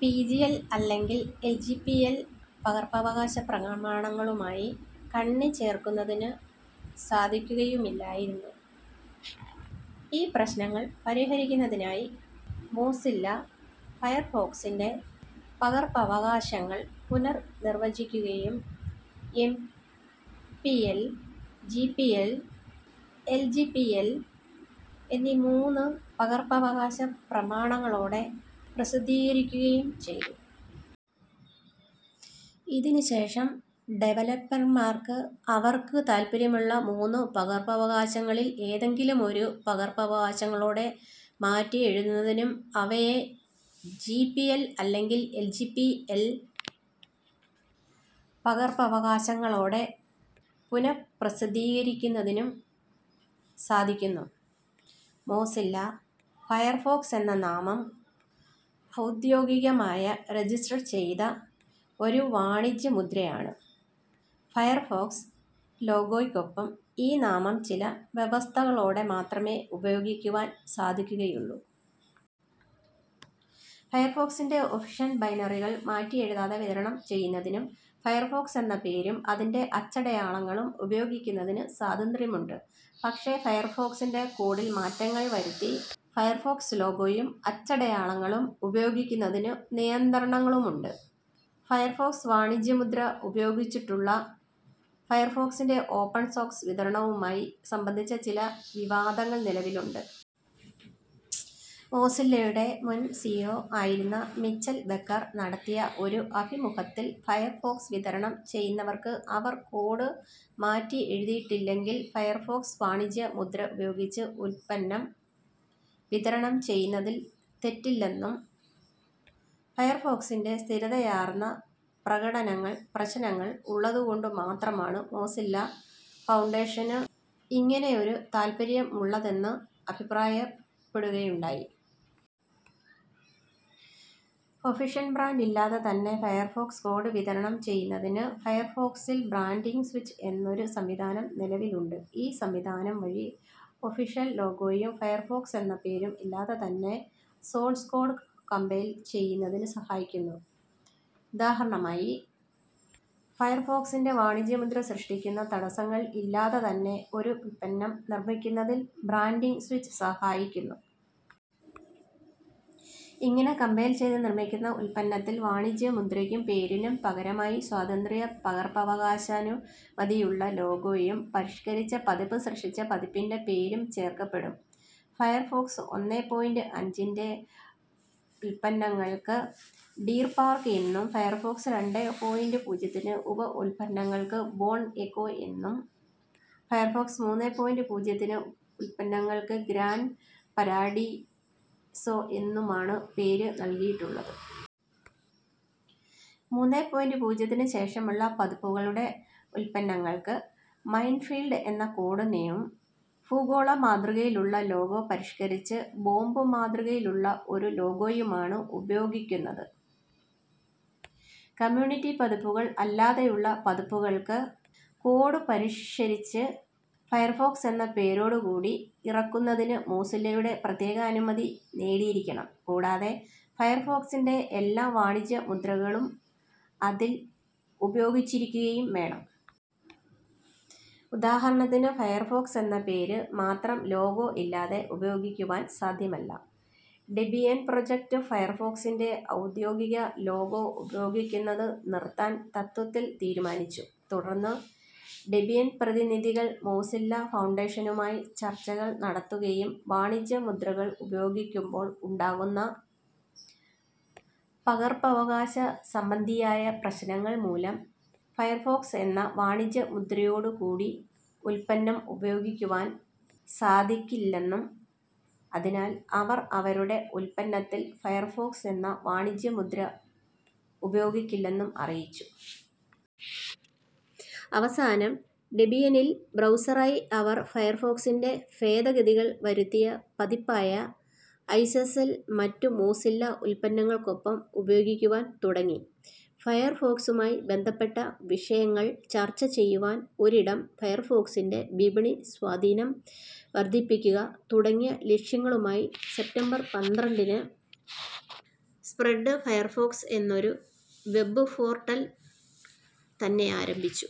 P. G L അല്ലെങ്കിൽ L. G. P. L. പകർപ്പവകാശപ്രമാണങ്ങളുമായി കണ്ണിചേർക്കുന്നതിന് സാധിക്കുകയുമില്ലായിരുന്നു. ഈ പ്രശ്നങ്ങൾ പരിഹരിക്കുന്നതിനായി മോസില്ല ഫയർഫോക്സിൻ്റെ പകർപ്പവകാശങ്ങൾ പുനർ നിർവ്വചിക്കുകയും, M. P. L., G. P. L., L. G. P. L എന്നീ മൂന്നു പകർപ്പവകാശ പ്രമാണങ്ങളോടെ പ്രസിദ്ധീകരിക്കുകയും ചെയ്തു. ഇതിന് ശേഷം ഡെവലപ്പർമാർക്ക് അവർക്കു താല്പര്യമുള്ള, മൂന്ന് പകർപ്പവകാശങ്ങളിൽ ഏതെങ്കിലും ഒരു, പകർപ്പവകാശങ്ങളൊടെ മാറ്റിയെഴുതുന്നതിനും അവയെ ജി. പി. എൽ അല്ലെങ്കിൽ എൽ. ജി. പി. എൽ. പകർപ്പവകാശങ്ങളോടെ പുനപ്രസിദ്ധീകരിക്കുന്നതിനും സാധിക്കുന്നു. മോസില്ല ഫയർഫോക്സ് എന്ന നാമം ഔദ്യോഗികമായ രജിസ്റ്റർ ചെയ്ത ഒരു വാണിജ്യ മുദ്രയാണ്. ഫയർഫോക്സ് ലോഗോക്കൊപ്പം ഈ നാമം ചില വ്യവസ്ഥകളോടെ മാത്രമേ ഉപയോഗിക്കുവാൻ സാധിക്കുകയുള്ളൂ. ഫയർഫോക്സിൻ്റെ ഒഫീഷ്യൽ ബൈനറികൾ മാറ്റിയെഴുതാതെ വിതരണം ചെയ്യുന്നതിനും ഫയർഫോക്സ് എന്ന പേരും, അതിൻ്റെ അച്ചടയാളങ്ങളും ഉപയോഗിക്കുന്നതിന് സാതന്ത്ര്യമുണ്ട്. പക്ഷേ ഫയർഫോക്സിൻ്റെ കോഡിൽ മാറ്റങ്ങൾ വരുത്തി ഫയർഫോക്സ് ലോഗോയും, അച്ചടയാളങ്ങളും ഉപയോഗിക്കുന്നതിനു നിയന്ത്രണങ്ങളുമുണ്ട്. ഫയർഫോക്സ് വാണിജ്യമുദ്ര ഉപയോഗിച്ചിട്ടുള്ള ഫയർഫോക്സിൻ്റെ ഓപ്പൺ സോഴ്സ് വിതരണവുമായി സംബന്ധിച്ച ചില വിവാദങ്ങൾ നിലവിലുണ്ട്. മോസില്ലയുടെ മുൻ സി. ഇ. ഒ ആയിരുന്ന മിച്ചെൽ ബെക്കർ നടത്തിയ ഒരു അഭിമുഖത്തിൽ, ഫയർഫോക്സ് വിതരണം ചെയ്യുന്നവർക്ക് അവർ കോഡ് മാറ്റിയെഴുതിയിട്ടില്ലെങ്കിൽ ഫയഫോക്സ് വാണിജ്യമുദ്ര ഉപയോഗിച്ച് ഉല്പന്നം വിതരണം ചെയ്യുന്നതിൽ തെറ്റില്ലെന്നും, ഫയർഫോക്സിൻ്റെ സ്ഥിരതയാർന്ന പ്രകടനങ്ങൾ പ്രശ്നങ്ങൾ ഉള്ളതുകൊണ്ടുമാത്രമാണ് മോസില്ല ഫൗണ്ടേഷനു ഇങ്ങനെ ഒരു താല്പര്യമുള്ളതെന്ന് അഭിപ്രായപ്പെടുകയുണ്ടായി. ഒഫീഷ്യൽ ബ്രാന്റ് ഇല്ലാതെ തന്നെ ഫയർഫോക്സ് കോഡ് വിതരണം ചെയ്യുന്നതിന് ഫയർഫോക്സിൽ ബ്രാന്റിങ്ങ് സ്വിച്ച് എന്നൊരു സംവിധാനം നിലവിലുണ്ട്. ഈ സംവിധാനം വഴി ഒഫീഷ്യൽ ലോഗോയും, ഫയർഫോക്സ് എന്ന പേരും ഇല്ലാതെ തന്നെ സോഴ്സ് കോഡ് കമ്പൈൽ ചെയ്യുന്നതിനു സഹായിക്കുന്നു. ഉദാഹരണമായി, ഫയർഫോക്സിൻ്റെ വാണിജ്യമുദ്ര സൃഷ്ടിക്കുന്ന തടസ്സങ്ങൾ ഇല്ലാതെ തന്നെ ഒരു ഉല്പന്നം നിർമ്മിക്കുന്നതിൻ ബ്രാന്റിങ്ങ് സ്വിച്ച് സഹായിക്കുന്നു. ഇങ്ങനെ കമ്പൈൽ ചെയ്ത് നിർമ്മിക്കുന്ന ഉല്പന്നത്തിൽ വാണിജ്യമുദ്രക്കും, പേരിനും പകരമായി സ്വതന്ത്ര പകർപ്പവകാശാനുമതിയുള്ള ലോഗോയും, പരിഷ്കരിച്ച പതിപ്പ് സൃഷ്ടിച്ച പതിപ്പിൻ്റെ പേരും ചേർക്കപ്പെടും. ഫയർഫോക്സ് ഒന്നേ പോയിന്റ് അഞ്ചിൻ്റെ ഉപോല്പന്നങ്ങൾക്ക് ഡീർ പാർക്ക് എന്നും ഫയർഫോക്സ് രണ്ടേ പോയിന്റ് പൂജ്യത്തിൻ്റെ ഉപ ഉല്പന്നങ്ങൾക്ക് ബോൺ എക്കോ എന്നും, ഫയർഫോക്സ് മൂന്നേ പോയിന്റ് പൂജ്യത്തിന് ഉപോല്പന്നങ്ങൾക്ക് ഗ്രാൻ പരാഡിസോ എന്നുമാണു പേർ നൽകിയിട്ടുള്ളത്. മൂന്നേ പോയിന്റ് പൂജ്യത്തിനു ശേഷമുള്ള പതിപ്പുകളുടെ ഉപോല്പന്നങ്ങൾക്ക് മൈൻഫീൽഡ് എന്ന കോഡ് നേമും ഭൂഗോളമാതൃകയിലുള്ള ലോഗോ പരിഷ്കരിച്ച് ബോബ് മാതൃകയിലുള്ള ഒരു ലോഗോയുമാണ് ഉപയോഗിക്കുന്നത്. കമ്യൂണിറ്റി പതിപ്പുകൾ അല്ലാതെയുള്ള പതിപ്പുകൾക്ക്, കോഡ് പരിഷരിച്ച് ഫയർഫോക്സ് എന്ന പേരോടുകൂടി ഇറക്കുന്നതിന് മോസില്ലയുടെ പ്രത്യേകാനുമതി നേടിയിരിക്കണം. കൂടാതെ ഫയർഫോക്സിൻ്റെ എല്ലാ വാണിജ്യമുദ്രകളും അതിൽ ഉപയോഗിച്ചിരിക്കുകയും വേണം. ഉദാഹരണത്തിന് ഫയർഫോക്സ് എന്ന പേര് മാത്രം ലോഗോ ഇല്ലാതെ ഉപയോഗിക്കുവാൻ സാദ്ധ്യമല്ല. ഡെബിയൻ പ്രൊജക്റ്റ് ഫയർഫോക്സിൻ്റെ ഔദ്യോഗിക ലോഗോ ഉപയോഗിക്കുന്നത് നിർത്താൻ തത്ത്വത്തിൽ തീരുമാനിച്ചു. തുടർന്ന് ഡെബിയൻ പ്രതിനിധികൾ മോസില്ല ഫൗണ്ടേഷനുമായി ചർച്ചകൾ നടത്തുകയും, വാണിജ്യമുദ്രകൾ ഉപയോഗിക്കുമ്പോൾ ഉണ്ടാകുന്ന പകർപ്പവകാശ സംബന്ധിയായ പ്രശ്നങ്ങൾ മൂലം ഫയർഫോക്സ് എന്ന വാണിജ്യമുദ്രയോടു കൂടി ഉല്പന്നം ഉപയോഗിക്കുവാൻ സാധിക്കില്ലെന്നും അതിനാൽ അവർ അവരുടെ ഉല്പന്നത്തിൽ ഫയർഫോക്സ് എന്ന വാണിജ്യമുദ്ര ഉപയോഗിക്കില്ലെന്നും അറിയിച്ചു. അവസാനം, ഡെബിയനിൽ ബ്രൗസറായി അവർ ഫയർഫോക്സിൻ്റെ ഫേദഗതികൾ വരുത്തിയ പതിപ്പായ ഐസ്വെസ്സൽ മറ്റു മോസില്ല ഉല്പന്നങ്ങൾക്കൊപ്പം ഉപയോഗിക്കുവാൻ തുടങ്ങി. ഫയർഫോക്സുമായി ബന്ധപ്പെട്ട വിഷയങ്ങൾ ചർച്ച ചെയ്യുവാൻ ഒരിടം, ഫയർഫോക്സിൻ്റെ വിപണി സ്വാധീനം വർദ്ധിപ്പിക്കുക തുടങ്ങിയ ലക്ഷ്യങ്ങളുമായി, സെപ്റ്റംബർ പന്ത്രണ്ടിന്, സ്പ്രെഡ് ഫയർഫോക്സ് എന്നൊരു വെബ്ബ് ഫോർട്ടൽ തന്നെയാരംഭിച്ചു.